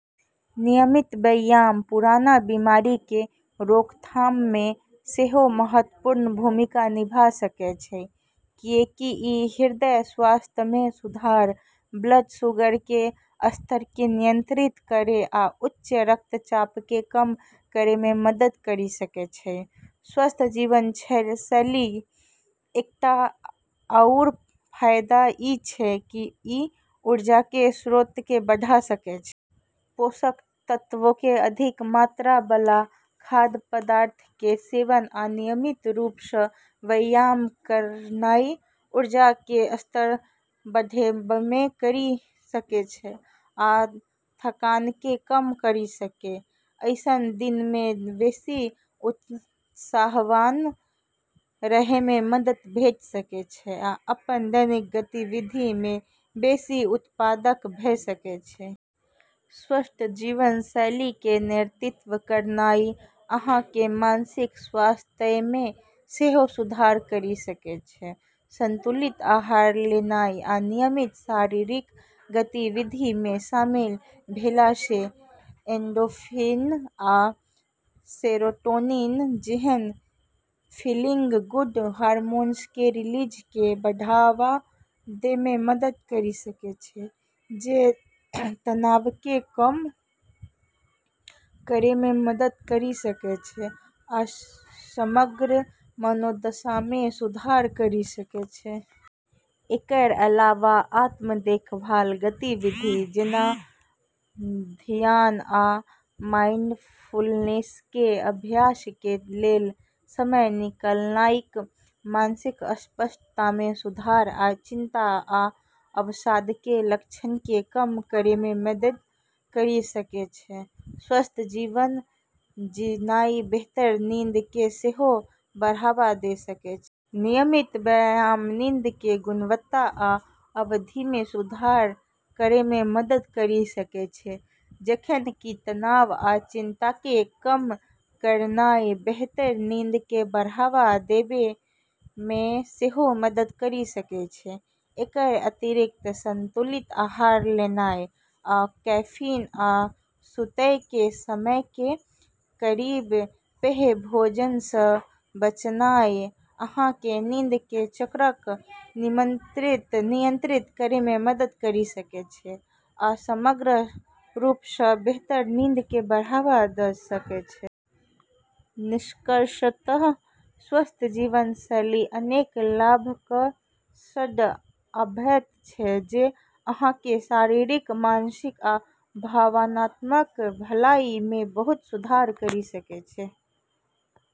नियमित व्यायाम पुरान बीमारिके रोकथाममे सेहो महत्वपूर्ण भूमिका निभा सकै छै, किएकि ई हृदय स्वास्थ्यमे सुधार, ब्लड शुगरके स्तरके नियंत्रित करै आ उच्च रक्तचापके कम करैमे मदद करि सकै छै। स्वस्थ जीवनशैलीके एकटा आओर फाइदा ई छै कि ई ऊर्जाके स्तरके बढ़ा सकै छै। पोषक तत्वके अधिक मात्राबला खाद्य पदार्थके सेवन आ नियमित रूपसँ व्यायाम करनाइ ऊर्जाके स्तर बढ़ेबामे करि सकै छै आ थकानके कम करि सकै। अइसँ दिनमे बेशी उत्साहवान रहैमे मदद भेट सकै छै आ अपन दैनिक गतिविधिमे बेशी उत्पादक भ' सकै छै। स्वस्थ जीवनशैलीके नेतृत्व करनाइ, अहाँके मानसिक स्वास्थ्यमे सेहो सुधार करि सकै छै। संतुलित आहार लेनाइ आ नियमित शारीरिक गतिविधिमे शामिल भेलासँ एंडोर्फिन आ सेरोटोनिन जेहन फीलिंग-गुड हार्मोनके रिलीजके बढ़ावा दैमे मदद करि सकै छै, जे तनावके कम करैमे मदद करि सकै छै आ समग्र मनोदशामे सुधार करि सकै छै। एकर अलावा, आत्म-देखभाल गतिविधि जेना धियान या माइंडफुलनेसके अभ्यासके लेल समय निकालनाइ मानसिक स्पष्टतामे सुधार आ चिंता आ अवसादके लक्षणके कम करैमे मदद करि सकै छै । स्वस्थ जीवन जीनाइ बेहतर नींदके सेहो बढ़ावा द' सकै छै। नियमित व्यायाम नींदके गुणवत्ता आ अवधिमे सुधार करैमे मदद करि सकै छै, जखन कि तनाव आ चिंताके कम करनाइ बेहतर नींदके बढ़ावा दैमे सेहो मदद करि सकै छै। एकर अतिरिक्त, संतुलित आहार लेनाइ आ कैफीन या सुतयके समयके करीब पैघ भोजनसँ बचनाइ अहाँके नींदके चक्रक नियंत्रित करैमे मदद करि सकै छै आ समग्र रूपसँ बेहतर नींदके बढ़ावा द' सकै छै। निष्कर्षतः, स्वस्थ जीवन शैली अनेक लाभक सङ्ग आबैत छै जे अहाँके शारीरिक, मानसिक आ भावनात्मक भलाइमे बहुत सुधार करि सकै छै ।